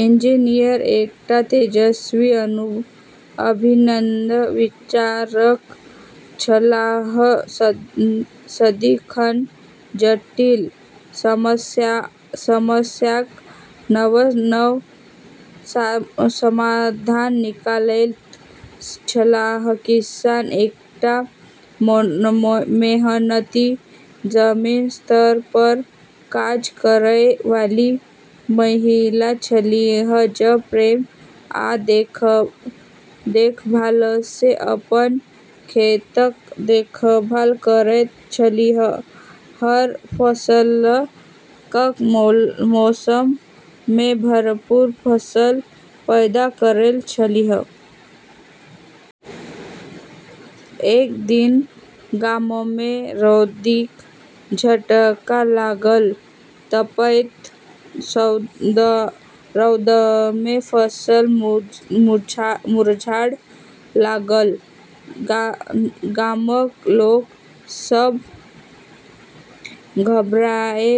Engineer एकटा तेजस्वी, अभिनव विचारक छलाह, सदिखन जटिल समस्याक नव-नव समाधान निकालैत छलाह। किसान एकटा मेहनती, जमीनी स्तर पर काज करय वाली महिला छलीह जे प्रेम आ देखभालसँ अपन खेतक देखभाल करैत छलीह, हर फसलक मौसममे भरपूर फसल पैदा करैत छलीह। एक दिन गाममे रौदीक झटका लागल, तपैत रौदमे फसल मुरझाइ लागल। गामक लोक सभ घबराए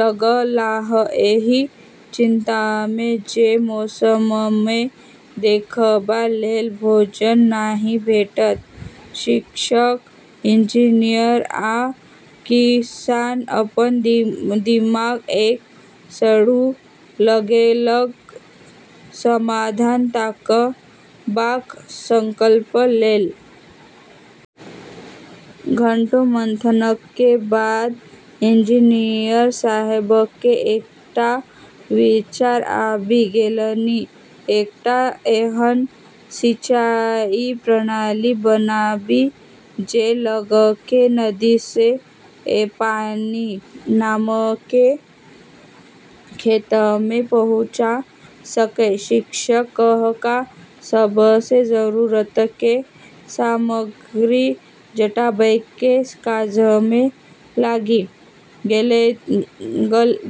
लगलाह, एहि चिन्तामे जे मौसममे देखबा लेल भोजन नहि भेटत। शिक्षक, इंजीनियर, आ किसान अपन दिमाग एक सङ्ग लगेलक, समाधान ताकबाक संकल्प लेल। घंटों मंथनके बाद इंजीनियर साहेबके एकटा विचार आबि गेलनि एकटा एहन सिंचाई प्रणाली बनाबी जे लगके नदीसँ पानि गामके खेतमे पहुँचा सकै। शिक्षक हुनका सबके जरूरतके सामग्री जुटाबैके काजमे लागि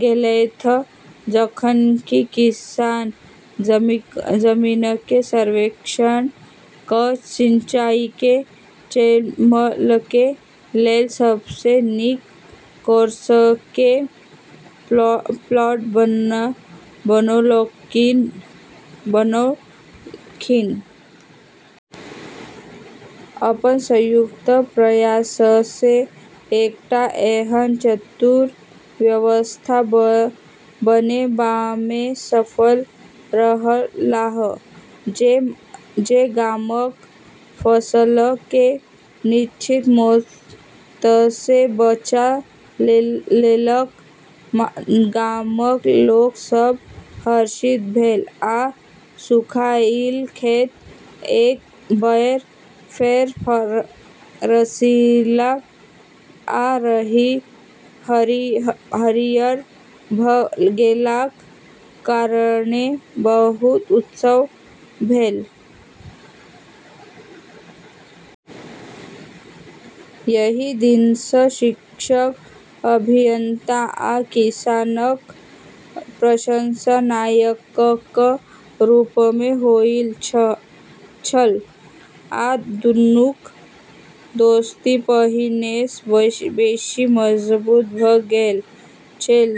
गेलैथ, जखन कि किसान जमीनके सर्वेक्षण क' सिंचाइके चैनलके लेल सबसँ नीक कोर्सके प्लॉट बनौलखिन। अपन संयुक्त प्रयाससँ एकटा एहन चतुर व्यवस्था बनेबामे सफल रहलाह जे गामक फसलके निश्चित मौतसँ बचा लेलक। गामक लोक सभ हर्षित भेल, आ सुखाइल खेत एक बेर फेर रसीला आ हरियर भ' गेलाक कारणेँ बहुत उत्सव भेल। ओहि दिनसँ शिक्षक, अभियंता, आ किसानक प्रशंसा नायकक रूपमे होइत छल, आ दुन्नूक दोस्ती पहिनेसँ बेशी मजबूत भ' गेल छल।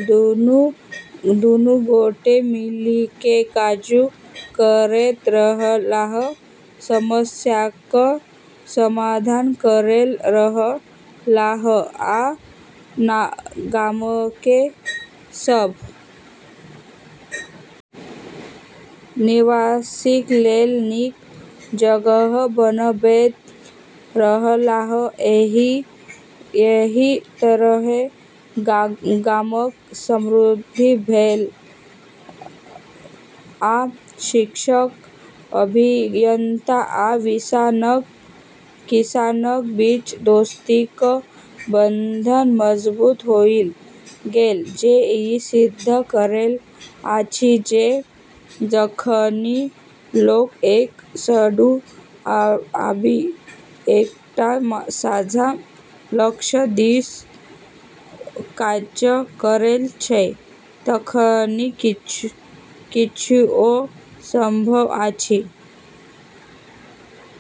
दुनू गोटे मिलिके काज करैत रहलाह, समस्याक समाधान करैत रहलाह आ गामकेँ सभ निवासीक लेल नीक जगह बनबैत रहलाह एहि तरहेँ गामक समृद्धि भेल, आ शिक्षक, अभियंता, आ किसानक बीच दोस्तीक बंधन मजबूत होइत गेल, जे ई सिद्ध करैत अछि जे जखनि लोक एक सङ्ग आबि एकटा साझा लक्ष्य दिस काज करैत छै तखनि किछुओ संभव अछि।